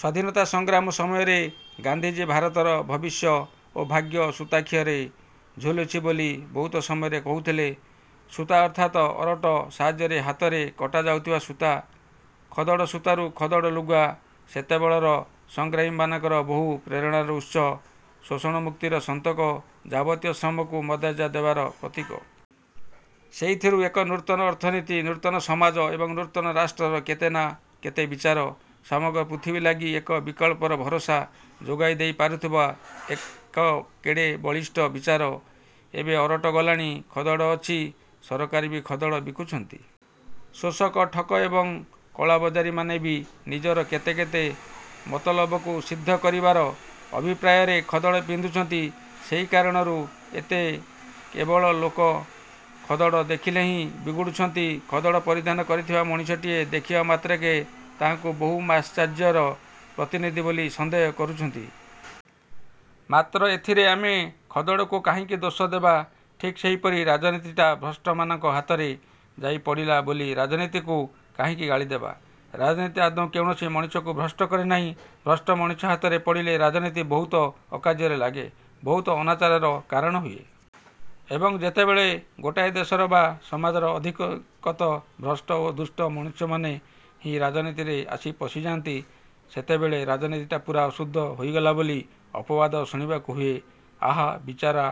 ସ୍ଵାଧୀନତା ସଂଗ୍ରାମ ସମୟରେ ଗାନ୍ଧିଜୀ ଭାରତର ଭବିଷ୍ୟ ଓ ଭାଗ୍ୟ ସୂତାଖିଅରେ ଝୁଲୁଛି ବୋଲି ବହୁତ ସମୟରେ କହୁଥିଲେ। ସୂତା ଅର୍ଥାତ୍ ଅରଟ ସାହାଯ୍ୟରେ ହାତରେ କଟାଯାଉଥିବା ସୂତା। ଖଦଡ଼ ସୂତାରୁ ଖଦଡ଼ ଲୁଗା। ସେତେବେଳର ସଂଗ୍ରାମୀମାନଙ୍କର ବହୁ ପ୍ରେରଣାର ଉତ୍ସ। ଶୋଷଣମୁକ୍ତିର ସନ୍ତକ, ଯାବତୀୟ ଶ୍ରମକୁ ମର୍ଯ୍ୟାଦା ଦେବାର ପ୍ରତୀକ। ସେଇଥିରୁ ଏକ ନୂତନ ଅର୍ଥନୀତି, ନୂତନ ସମାଜ ଏବଂ ନୂତନ ରାଷ୍ଟ୍ରର କେତେ ନା କେତେ ବିଚାର-। ସମଗ୍ର ପୃଥିବୀ ଲାଗି ଏକ ବିକଳ୍ପର ଭରସା ଯୋଗାଇଦେଇ ପାରୁଥିବା ଏକ କେଡ଼େ ବଳିଷ୍ଠ ବିଚାର। ଏବେ ଅରଟ ଗଲାଣି, ଖଦଡ଼ ଅଛି। ସରକାର ବି ଖଦଡ଼ ବିକୁଛନ୍ତି। ଶୋଷକ, ଠକ ଏବଂ କଳାବଜାରୀମାନେ ବି ନିଜର କେତେ କେତେ ମତଲବକୁ ସିଦ୍ଧ କରିବାର ଅଭିପ୍ରାୟରେ ଖଦଡ଼ ପିନ୍ଧୁଛନ୍ତି। ସେହି କାରଣରୁ ଏବେ କେତେକ ଲୋକ ଖଦଡ଼ ଦେଖିଲେ ହିଁ ବିଗୁଡ଼ୁଛନ୍ତି, ଖଦଡ଼ ପରିଧାନ କରିଥିବା ମଣିଷଟିଏ ଦେଖିବା ମାତ୍ରକେ ତାହାକୁ ବହୁମାଶ୍ଚର୍ଯ୍ୟର ପ୍ରତିନିଧି ବୋଲି ସନ୍ଦେହ କରୁଛନ୍ତି। ମାତ୍ର ଏଥିରେ ଆମେ ଖଦଡ଼କୁ କାହିଁକି ଦୋଷ ଦେବା? ଠିକ୍ ସେହିପରି ରାଜନୀତିଟା ଭ୍ରଷ୍ଟମାନଙ୍କ ହାତରେ ଯାଇ ପଡ଼ିଲା ବୋଲି ରାଜନୀତିକୁ କାହିଁକି ଗାଳିଦେବା? ରାଜନୀତି ଆଦୌ କୌଣସି ମଣିଷକୁ ଭ୍ରଷ୍ଟ କରେନାହିଁ। ଭ୍ରଷ୍ଟ ମଣିଷ ହାତରେ ପଡ଼ିଲେ ରାଜନୀତି ବହୁତ ଅକାର୍ଯ୍ୟରେ ଲାଗେ, ବହୁତ ଅନାଚାରର କାରଣହୁଏ। ଏବଂ, ଯେତେବେଳେ ଗୋଟାଏ ଦେଶରେ ବା ସମାଜରେ ଅଧିକତଃ ଭ୍ରଷ୍ଟ ଓ ଦୁଷ୍ଟ ମନୁଷ୍ୟମାନେ ହିଁ ରାଜନୀତିରେ ଆସି ପଶିଯାନ୍ତି, ସେତେବେଳେ ରାଜନୀତିଟା ପୂରା ଅଶୁଦ୍ଧ ହୋଇଗଲା ବୋଲି ଅପବାଦ ଶୁଣିବାକୁ ହୁଏ। ଆହା, ବିଚରା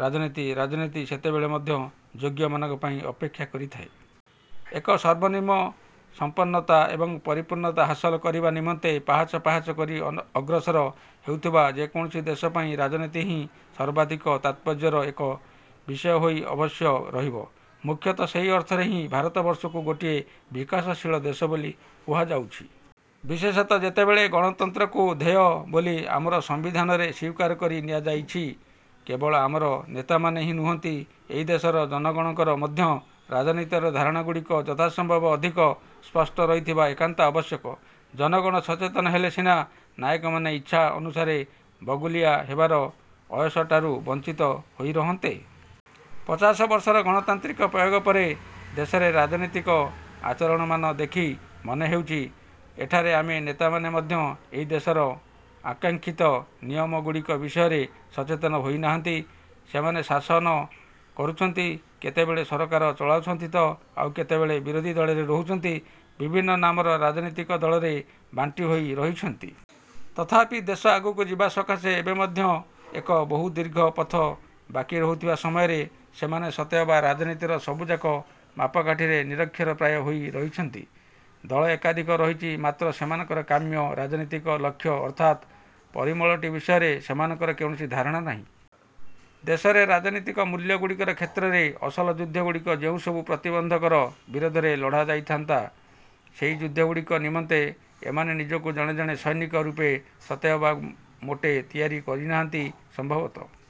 ରାଜନୀତି, ରାଜନୀତି ସେତେବେଳେ ମଧ୍ୟ ଯୋଗ୍ୟମାନଙ୍କ ପାଇଁ ଅପେକ୍ଷା କରିଥାଏ। ଏକ ସର୍ବନିମ୍ନ ସମ୍ପନ୍ନତା ଏବଂ ପରିପୂର୍ଣ୍ଣତା ହାସଲ କରିବା ନିମନ୍ତେ ପାହାଚ ପାହାଚ କରି ଅଗ୍ରସର ହେଉଥିବା ଯେକୌଣସି ଦେଶ ପାଇଁ ରାଜନୀତି ହିଁ ସର୍ବାଧିକ ତାତ୍ପର୍ଯ୍ୟର ଏକ ବିଷୟ ହୋଇ ଅବଶ୍ୟ ରହିବ। ମୁଖ୍ୟତଃ ସେହି ଅର୍ଥରେ ହିଁ ଭାରତବର୍ଷକୁ ଗୋଟିଏ ବିକାଶଶୀଳ ଦେଶ ବୋଲି କୁହାଯାଉଛି। ବିଶେଷତଃ ଯେତେବେଳେ ଗଣତନ୍ତ୍ରକୁ ଧ୍ୟେୟ ବୋଲି ଆମର ସମ୍ବିଧାନରେ ସ୍ୱୀକାର କରି ନିଆଯାଇଛି, କେବଳ ଆମର ନେତାମାନେ ନୁହନ୍ତି, ଏହି ଦେଶର ଜନଗଣଙ୍କର ମଧ୍ୟ ରାଜନୀତିର ଧାରଣାଗୁଡ଼ିକ ଯଥାସମ୍ଭବ ଅଧିକ ସ୍ପଷ୍ଟ ରହିଥିବା ଏକାନ୍ତ ଆବଶ୍ୟକ। ଜନଗଣ ସଚେତନ ହେଲେ ସିନା ନାୟକମାନେ ଇଚ୍ଛା ଅନୁସାରେ ବଗୁଲିଆ ହେବାର ଅୟସଟାରୁ ବଂଚିତ ହୋଇ ରହନ୍ତେ। ପଚାଶ ବର୍ଷର ଗଣତାନ୍ତ୍ରିକ ପ୍ରୟୋଗ ପରେ ଦେଶରେ ରାଜନୀତିକ ଆଚରଣମାନ ଦେଖି ମନେହେଉଛି, ଏଠାରେ ଆମ ନେତାମାନେ ମଧ୍ୟ ଏହି ଦେଶର ଆକାଂକ୍ଷିତ ନିୟତିଗୁଡ଼ିକ ବିଷୟରେ ସଚେତନ ହୋଇନାହାନ୍ତି। ସେମାନେ ଶାସନ କରୁଛନ୍ତି; କେତେବେଳେ ସରକାର ଚଳାଉଛନ୍ତି ତ ଆଉ କେତେବେଳେ ବିରୋଧିଦଳରେ ରହୁଛନ୍ତି। ବିଭିନ୍ନ ନାମର ରାଜନୀତିକ ଦଳରେ ବାଣ୍ଟି ହୋଇ ରହିଛନ୍ତି। ତଥାପି ଦେଶ ଆଗକୁ ଯିବା ସକାଶେ ଏବେ ମଧ୍ୟ ଏକ ବହୁଦୀର୍ଘ ପଥ ବାକି ରହିଥିବା ସମୟରେ ସେମାନେ ସତେଅବା ରାଜନୀତିର ସବୁଯାକ ମାପକାଠିରେ ନିରକ୍ଷର ପ୍ରାୟ ହୋଇ ରହିଛନ୍ତି। ଦଳ ଏକାଧିକ ରହିଛି, ମାତ୍ର ସେମାନଙ୍କର କାମ୍ୟ ରାଜନୀତିକ ଲକ୍ଷ୍ୟ ଅର୍ଥାତ୍ ପରିମଳଟି ବିଷୟରେ ସେମାନଙ୍କର କୌଣସି ଧାରଣା ନାହିଁ। ଦେଶରେ ରାଜନୀତିକ ମୂଲ୍ୟଗୁଡ଼ିକର କ୍ଷେତ୍ରରେ ଅସଲ ଯୁଦ୍ଧଗୁଡ଼ିକ ଯେଉଁସବୁ ପ୍ରତିବନ୍ଧକର ବିରୋଧରେ ଲଢ଼ା ଯାଉଥାନ୍ତା, ସେହି ଯୁଦ୍ଧଗୁଡ଼ିକ ନିମନ୍ତେ ଏମାନେ ନିଜକୁ ଜଣେ ଜଣେ ସୈନିକ ରୂପେ ସତେଅବା ମୋଟେ ତିଆରି କରିନାହାନ୍ତି। ସମ୍ଭବତଃ